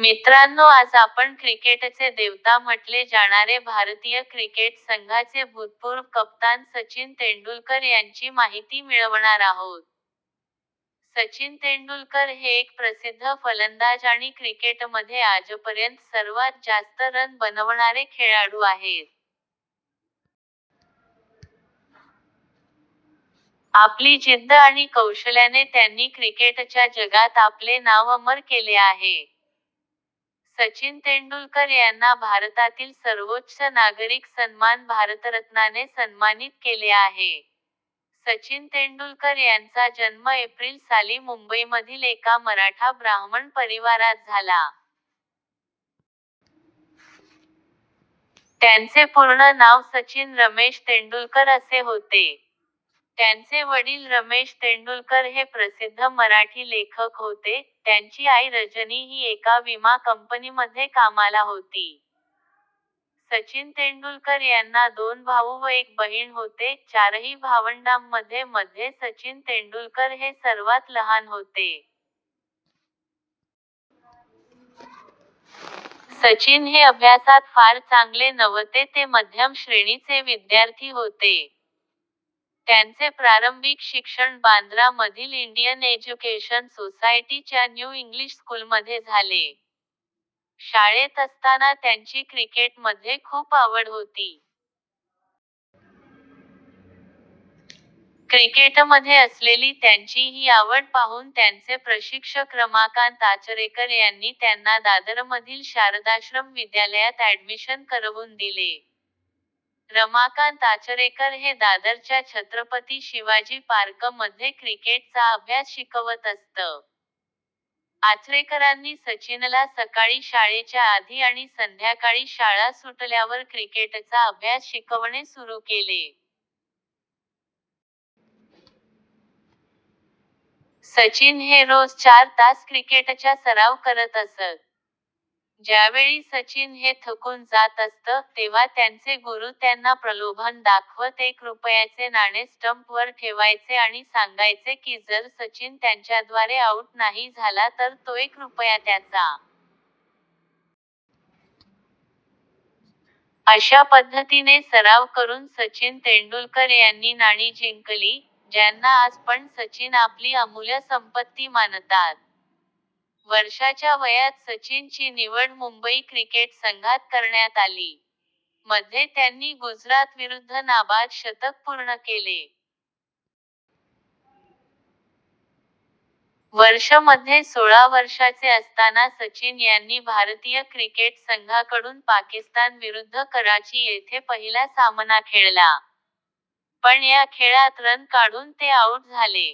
मित्रांनो आज आपण क्रिकेटचे देवता म्हटले जाणारे भारतीय क्रिकेट संघाचे भूतपूर्व कप्तान सचिन तेंडुलकर यांची माहिती मिळवणार आहोत. सचिन तेंडुलकर हे एक प्रसिद्ध फलंदाज आणि क्रिकेटमध्ये आजपर्यंत सर्वात जास्त रन बनवणारे खेळाडू आहेत. आपली जिद्द आणि कौशल्याने त्यांनी क्रिकेटच्या जगात आपले नाव अमर केले आहे. सचिन तेंडुलकर यांना भारतातील सर्वोच्च नागरिक सन्मान भारतरत्नाने सन्मानित केले आहे. सचिन तेंडुलकर यांचा जन्म एप्रिल साली मुंबईमधील एका मराठा ब्राह्मण परिवारात झाला. त्यांचे पूर्ण नाव सचिन रमेश तेंडुलकर असे होते. त्यांचे वडील रमेश तेंडुलकर हे प्रसिद्ध मराठी लेखक होते, त्यांची आई रजनी ही एका विमा कंपनीमध्ये कामाला होती. सचिन तेंडुलकर यांना दोन भाऊ व एक बहीण होते, चारही भावंडांमध्ये मध्ये सचिन तेंडुलकर हे सर्वात लहान होते. सचिन हे अभ्यासात फार चांगले नव्हते ते मध्यम श्रेणी चे विद्यार्थी होते. त्यांचे प्रारंभिक शिक्षण बांद्रा मधील इंडियन एज्युकेशन सोसायटी च्या न्यू इंग्लिश स्कूलमध्ये झाले. शाळेत असताना त्यांची क्रिकेट मध्ये खूप आवड होती. क्रिकेटमध्ये असलेली त्यांची ही आवड पाहून त्यांचे प्रशिक्षक रमाकांत आचरेकर यांनी त्यांना दादरमधील शारदाश्रम विद्यालयात ऍडमिशन करवून दिले. रमाकांत आचरेकर हे दादरच्या छत्रपती शिवाजी पार्क मध्ये क्रिकेट चा अभ्यास शिकवत असतं. आचरेकरांनी सचिनला सकाळी शाळेच्या आधी आणि संध्याकाळी शाळा सुटल्यावर क्रिकेटचा अभ्यास शिकवणे सुरू केले. सचिन हे रोज चार तास क्रिकेटच्या सराव करत असत. ज्यावेळी सचिन हे थकून जात असतं, तेव्हा त्यांचे गुरु त्यांना प्रलोभन दाखवत एक रुपयाचे नाणे स्टंप वर ठेवायचे आणि सांगायचे की जर सचिन त्यांच्याद्वारे आऊट नाही झाला तर तो एक रुपया त्याचा. अश्या पद्धतीने सराव करून सचिन तेंडुलकर यांनी नाणी जिंकली, ज्यांना आज पण सचिन आपली अमूल्य संपत्ती मानतात. वर्षाच्या वयात सचिन ची निवड मुंबई क्रिकेट संघात करण्यात आली. मध्ये त्यांनी गुजरात विरुद्ध नाबाद शतक पूर्ण केले. वर्ष मध्ये सोळा वर्षाचे असताना सचिन यांनी भारतीय क्रिकेट संघाकडून पाकिस्तान विरुद्ध कराची येथे पहिला सामना खेळला. पण या खेळात रन काढून ते आऊट झाले.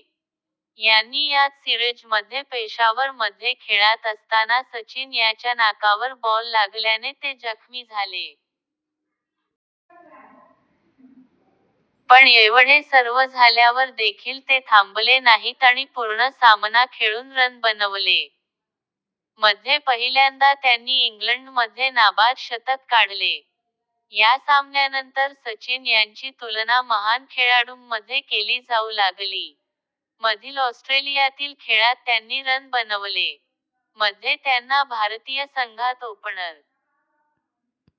यांनी याच सीरिज मध्ये पेशावर मध्ये खेळात असताना सचिन याच्या नाकावर बॉल लागल्याने ते जखमी झाले. पण येवढे सर्व झाल्यावर देखील ते थांबले नाहीत आणि पूर्ण सामना खेळून रन बनवले. मध्ये पहिल्यांदा त्यांनी इंग्लंड मध्ये नाबाद शतक काढले. या सामन्यानंतर सचिन यांची तुलना महान खेळाडूंमध्ये केली जाऊ लागली. मधील ऑस्ट्रेलियातील खेळात त्यांनी रन बनवले. मध्ये त्यांना भारतीय संघात ओपणर